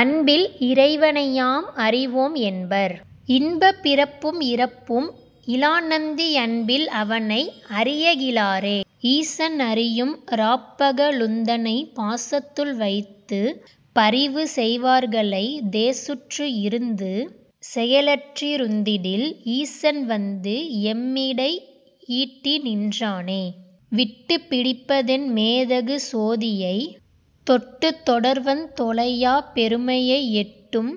அன்பில் இறைவனை யாம்அறி வோம்என்பர் இன்பப் பிறப்பும் இறப்பும் இலான்நந்தி அன்பில் அவனை அறியகி லாரே. ஈசன் அறியும் இராப்பக லுந்தன்னைப் பாசத்துள் வைத்துப் பரிவுசெய் வார்களைத் தேசுற்று இருந்து செயலற் றிருந்திடில் ஈசன்வந்து எம்மிடை ஈட்டிநின் றானே. விட்டுப் பிடிப்பதென் மேதகு சோதியைத் தொட்டுத் தொடர்வன் தொலையாப் பெருமையை எட்டும்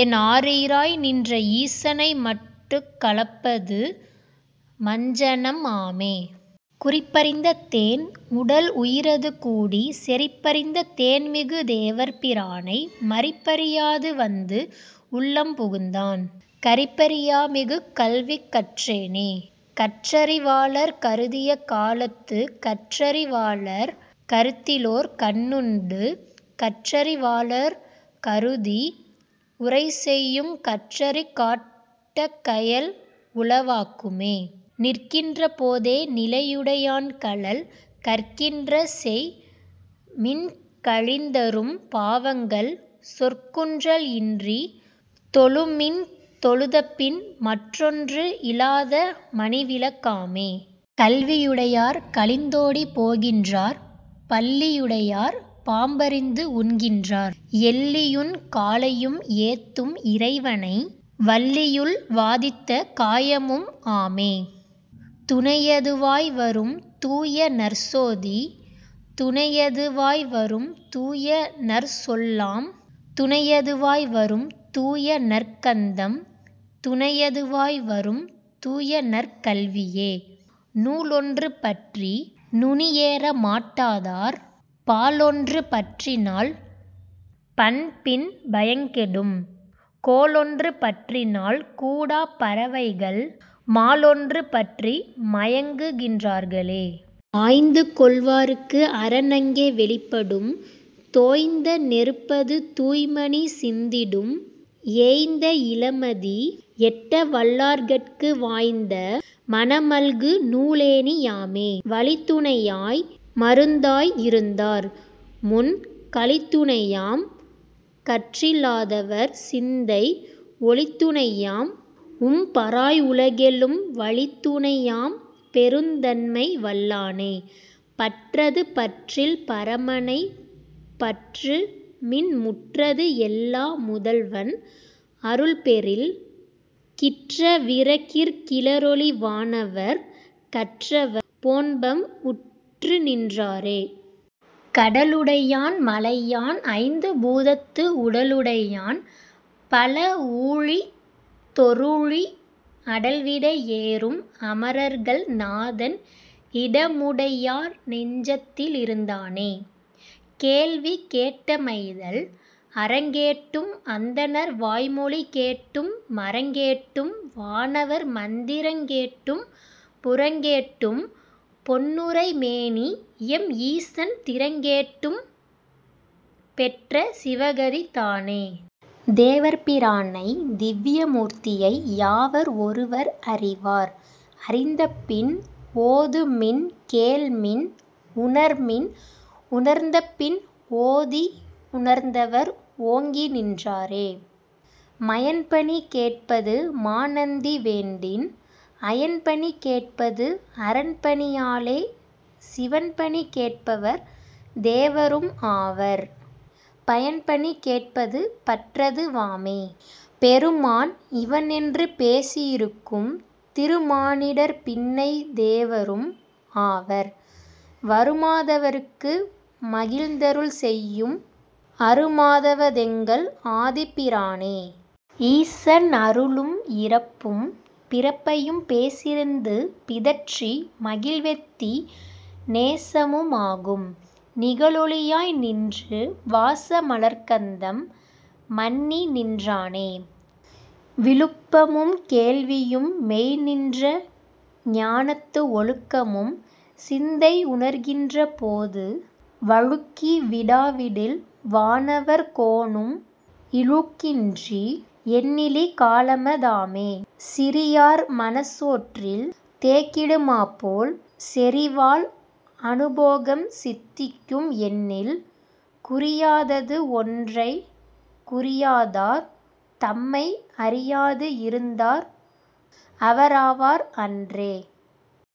என் ஆருயி ராய்நின்ற ஈசனை மட்டுக் கலப்பது மஞ்சனம் ஆமே. குறிப்பறிந் தேன்உடல் உயிரது கூடிச் செறிப்பறிந் தேன்மிகு தேவர் பிரானை மறிப்பறி யாதுவந்துஉள்ளம் புகுந்தான் கறிப்பறி யாமிகுங் கல்விகற் றேனே. கற்றறி வாளர் கருதிய காலத்துக் கற்றறி வாளர் கருத்திலோர் கண்ணுண்டு கற்றறி வாளர் கருதி உரைசெய்யுங் கற்றறி காட்டக் கயல்உள வாக்குமே. நிற்கின்ற போதே நிலையுடை யான்கழல் கற்கின்ற செய்மின் கழிந்தறும் பாவங்கள் சொற்குன்றல் இன்றித் தொழுமின் தொழுதபின் மற்றொன்று இலாத மணிவிளக் காமே. கல்வி யுடையார் கழிந்தோடிப் போகின்றார் பல்லி யுடையார் பாம்பரிந்து உண்கின்றார் எல்லியுன் காலையும் ஏத்தும் இறைவனை வல்லியுள் வாதித்த காயமும் ஆமே. துணையது வாய்வரும் தூயநற் சோதி துணையது வாய்வரும் தூயநற் சொல்லாம் துணையது வாய்வரும் தூயநற் கந்தம் துணையது வாய்வரும் தூயநற் கல்வியே. நூலொன்று பற்றி நுனியேற மாட்டாதார் பாலொன்று பற்றினால் பண்பின் பயங்கெடும் கோலொன்று பற்றினால் கூடாப் பறவைகள் மாலொன்று பற்றி மயங்குகின் றார்க்களே. ஆய்ந்துகொள் வார்க்குஅரன் அங்கே வெளிப்படும் தோய்ந்த நெருப்பது தூய்மணி சிந்திடும் ஏய்ந்த இளமதி எட்டவல் லார்கட்கு வாய்ந்த மனமல்கு நூலேணி யாமே. வழித்துணை யாய்மருந் தாயிருந் தார்முன் கழித்துணை யாம்கற் றிலாதவர் சிந்தை ஒழித்துணை யாம்உம் பராய்உல கேழும் வழித்துணை யாம்பெருந் தன்மைவல் லானே. பற்றது பற்றில் பரமனைப் பற்றுமின் முற்றது எல்லா முதல்வன் அருள்பெறில் கிற்ற விரகிற் கிளரொளி வானவர் கற்றவர் போன்பம் உற்றுநின் றாரே. கடலுடை யான்மலை யான்ஐந்து பூதத்து உடலுடை யான்பல ஊழிதொ றூழி அடல்விடை யேறும் அமரர்கள் நாதன் இடமுடை யார்நெஞ்சத் தில்லிருந் தானே... கேள்வி கேட்டமைதல். அறங்கேட்டும் அந்தணர் வாய்மொழி கேட்டும் மறங்கேட்டும் வானவர் மந்திரங் கேட்டும் புறங்கேட்டும் பொன்னுரை மேனிஎம் ஈசன் திறங்கேட்டும் பெற்ற சிவகதி தானே. தேவர் பிரானைத் திவ்விய மூர்த்தியை யாவர் ஒருவர் அறிவார் அறிந்தபின் ஓதுமின் கேள்மின் உணர்மின் உணர்ந்தபின் ஓதி உணர்ந்தவர் ஓங்கி நின்றாரே. மயன்பணி கேட்பது மாநந்தி வேண்டின் அயன்பணி கேட்பது அரன்பணி யாலே சிவன்பணி கேட்பவர் தேவரும் ஆவர் பயன்பணி கேட்பது பற்றது வாமே. பெருமான் இவனென்று பேசி இருக்கும் திருமானிடர் பின்னைத் தேவரும் ஆவர் வருமா தவர்க்கு மகிழ்ந்தருள் செய்யும் அருமா தவத்தெங்கள் ஆதிப் பிரானே. ஈசன் அருளும் இறப்பும் பிறப்பையும் பேசி யிருந்து பிதற்றி மகிழ்வெய்தி நேசமு மாகும் நிகழொளி யாய்நின்று வாச மலர்க்கந்தம் மன்னிநின் றானே. விழுப்பமும் கேள்வியும் மெய்நின்ற ஞானத்து ஒழுக்கமும் சிந்தை உணர்கின்ற போது வழுக்கி விடாவிடில் வானவர் கோனும் இழுக்கின்றி எண்ணிலி காலம தாமே. சிறியார் மணற்சோற்றில் தேக்கிடு மாபோல் செறிவால் அனுபோகம் சித்திக்கும் என்னில் குறியாதது ஒன்றைக் குறியாதார் தம்மை அறியாது இருந்தார் அவராவார் அன்றே.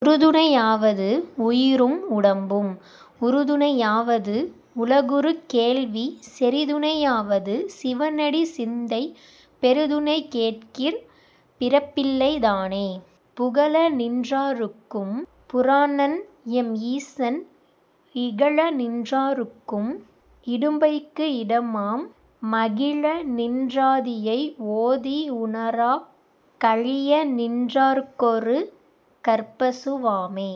உறுதுணை யாவது உயிரும் உடம்பும் உறுதுணை யாவது உலகுறு கேள்வி செறிதுணை யாவது சிவனடிச் சிந்தை பெறுதுணை கேட்கிற் பிறப்பில்லை தானே. புகழநின் றார்க்கும் புராணன்எம் ஈசன் இகழநின் றார்க்கும் இடும்பைக்கு இடமாம் மகிழநின் றாதியை ஓதி உணராக் கழியநின் றார்க்கொரு கற்பசு வாமே.